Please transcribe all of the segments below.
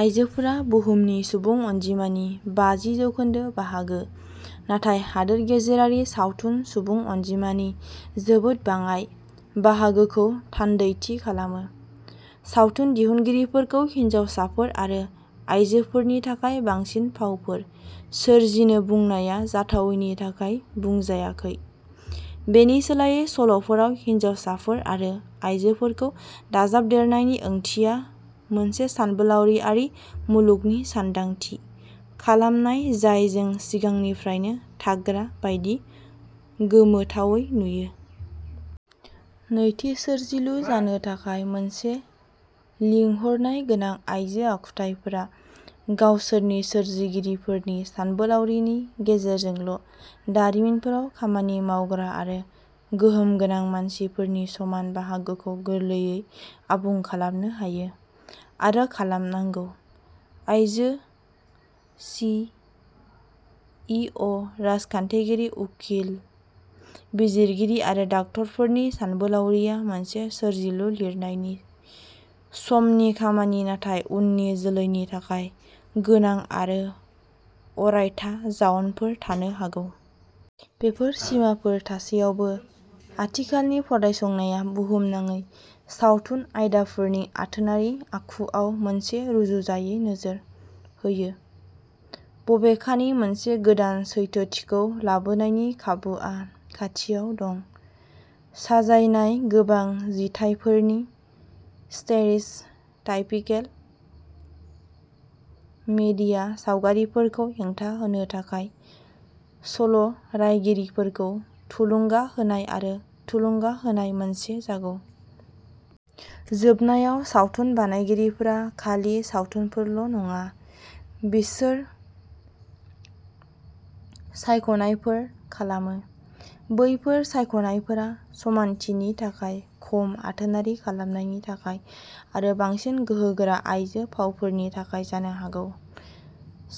आयजोफोरा बुहुमनि सुबुं अनजिमानि बाजि जौखोन्दो बाहागो, नाथाय हादोर गेजेरारि सावथुन सुबुं अनजिमानि जोबोद बाङाइ बाहागोखौ थान्दैथि खालामो। सावथुन दिहुनगिरिफोरखौ हिनजावसाफोर आरो आइजोफोरनि थाखाय बांसिन फावफोर सोरजिनो बुंनाया जाथावैनि थाखाय बुंजायाखै। बेनि सोलायै, सल'फोराव हिनजावसाफोर आरो आइजोफोरखौ दाजाबदेरनायनि ओंथिया मोनसे सानबोलावरियारि मुलुगनि सानदांथि खालामनाय, जाय जों सिगांनिफ्रायनो थाग्रा बायदि गोमोथावै नुयो। नैथि, सोरजिलु जानो थाखाय मोनसे लिंहरनाय गोनां। आइजो आखुथाइफोरा गावसोरनि सोरजिगिरिफोरनि सानबोलावरिनि गेजेरजोंल' दारिमिनफोराव खामानि मावग्रा आरो गोहोम गोनां मासिफोरनि समान बाहागोखौ गोरलैयै आबुं खालामनो हायो आरो खालामनांगौ। आइजो सि इ अ राजखान्थिगिरि, उखिल, बिजिरगिरि आरो डाक्टारफोरनि सानबोलावरिआ मोनसे सोरजिलु-लिरनायनि समनि खामानि, नाथाय उननि जोलैनि थाखाय गोनां आरो अरायथा जाउनफोर थानो हागौ। बेफोर सिमाफोर थासेयावबो, आथिखालनि फरायसंनाया बुहुमनाङै सावथुन आयदाफोरनि आथोनारि आखुआव मोनसे रुजुजायै नोजोर होयो। बबेखानि, मोनसे गोदान सैथोथिखौ लाबोनायनि खाबुआ खाथियाव दं। साजायनाय। गोबां जिथाइफोरनि स्टेस टाइपिकेल मिडिया सावगारिफोरखौ हेंथा होनो थाखाय सल'रायगिरिफोरखौ थुलुंगा होनाय आरो थुलुंगा होनाय मोनसे जागौ। जोबनायाव, सावथुन बानायगिरिफोरा खालि सावथुनफोरल' नङा, बिसोर सायख'नायफोर खालामो। बैफोर सायख'नायफोरा समानथिनि थाखाय, खम आथोनारि खालामनायनि थाखाय, आरो बांसिन गोहोगोरा आइजो फावफोरनि थाखाय जानो हागौ।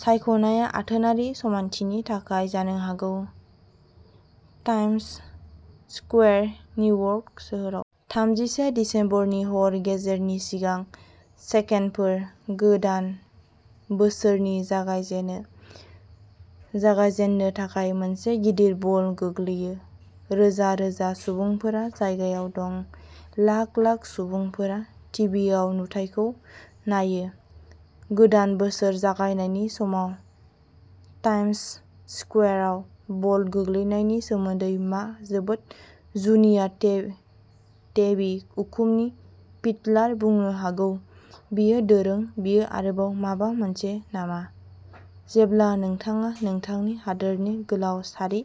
सायख'नायआ आथोनारि समानथिनि थाखाय जानो हागौ। टाइम्स स्कुवेर निउयर्क सोहोराव। थामजिसे दिसेम्बरनि हर गेजेरनि सिगां सेकेन्डफोर। गोदान बोसोरनि जागायजेनो जागायजेन्नो थाखाय मोनसे गिदिर बल गोग्लैयो। रोजा-रोजा सुबुंफोरा जायगायाव दं। लाख-लाख सुबुंफोरा टिभिआव नुथायखौ नायो। गोदान बोसोर जागायनायनि समाव टाइम्स स्कुवेराव बल गोग्लैनायनि सोमोन्दै मा जोबोद जुनिया टे-टेवि, उखुमनि फिडलार बुंनो हागौ, बेयो दोरों बेयो आरोबाव माबा मोनसे नामा जेब्ला नोंथाङा नोंथांनि हादोरनि गोलाव सारि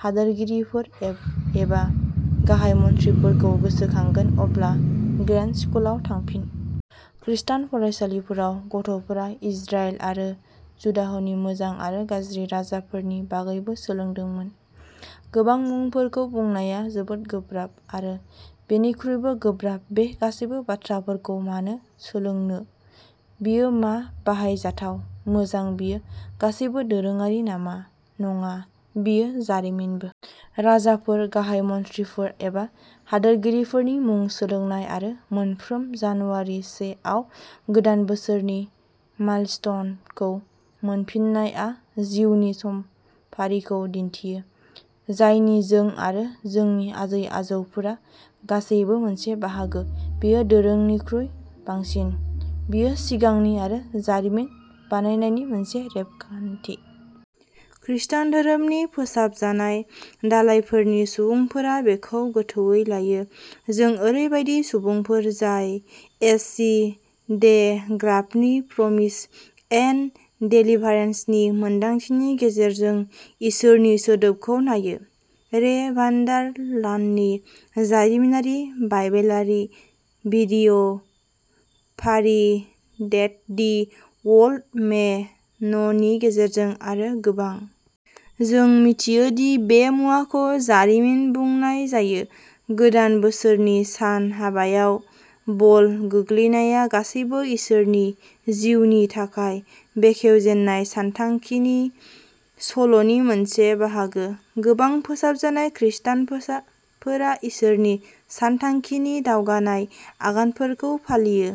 हादोरगिरिफोर एब-एबा गाहाय मन्थ्रिफोरखौ गोसोखांगोन, अब्ला ग्रेड स्कुलाव थांफिन। खृस्टान फरायसालिफोराव गथ'फोरा इजराइल आरो जुडाहनि मोजां आरो गाज्रि राजाफोरनि बागैबो सोलोंदोंमोन। गोबां मुंफोरखौ बुंनाया जोबोद गोब्राब। आरो बेनिख्रुइबो गोब्राब बे गासैबो बाथ्राफोरखौ मानो सोलोंनो बेयो मा बाहायजाथाव मोजां बेयो गासैबो दोरोङारि नामा नङा, बेयो जारिमिनबो। राजाफोर, गाहाय मन्थ्रिफोर, एबा हादोरगिरिफोरनि मुं सोलोंनाय आरो मोनफ्रोम जानुवारि से आव गोदान बोसोरनि माइलस्टोनखौ मोनफिननाया जिउनि समफारिखौ दिन्थियो, जायनि जों-आरो जोंनि आजै-आजौफोरा गासैबो मोनसे बाहागो। बेयो दोरोंनिख्रुइ बांसिन। बेयो सिगांनि आरो जारिमिन बानायनायनि मोनसे रेबगान्थि। खृष्टान धोरोमनि फोसाबजानाय दालायफोरनि सुबुंफोरा बेखौ गोथौवै लायो। जों ओरैबायदि सुबुंफोर जाय एस जि डे ग्राफनि प्रमिस एन्ड डेलिभारेन्सनि मोनदांथिनि गेजेरजों इसोरनि सोदोबखौ नायो, रे भान्डार लाननि जारिमिनारि-बाइबेलारि भिडिय' फारि देट दि वर्ल्ड मे न'नि गेजेरजों, आरो गोबां। जों मिथियो दि बे मुवाखौ जारिमिन बुंनाय जायो। गोदान बोसोरनि सान हाबायाव बल गोग्लैनाया गासैबो इसोरनि जिउनि थाखाय बेखेवजेननाय सानथांखिनि सल'नि मोनसे बाहागो। गोबां फोसाबजानाय खृष्टानफोजा ष्टानफोरा इसोरनि सानथांखिनि दावगानाय आगानफोरखौ फालियो।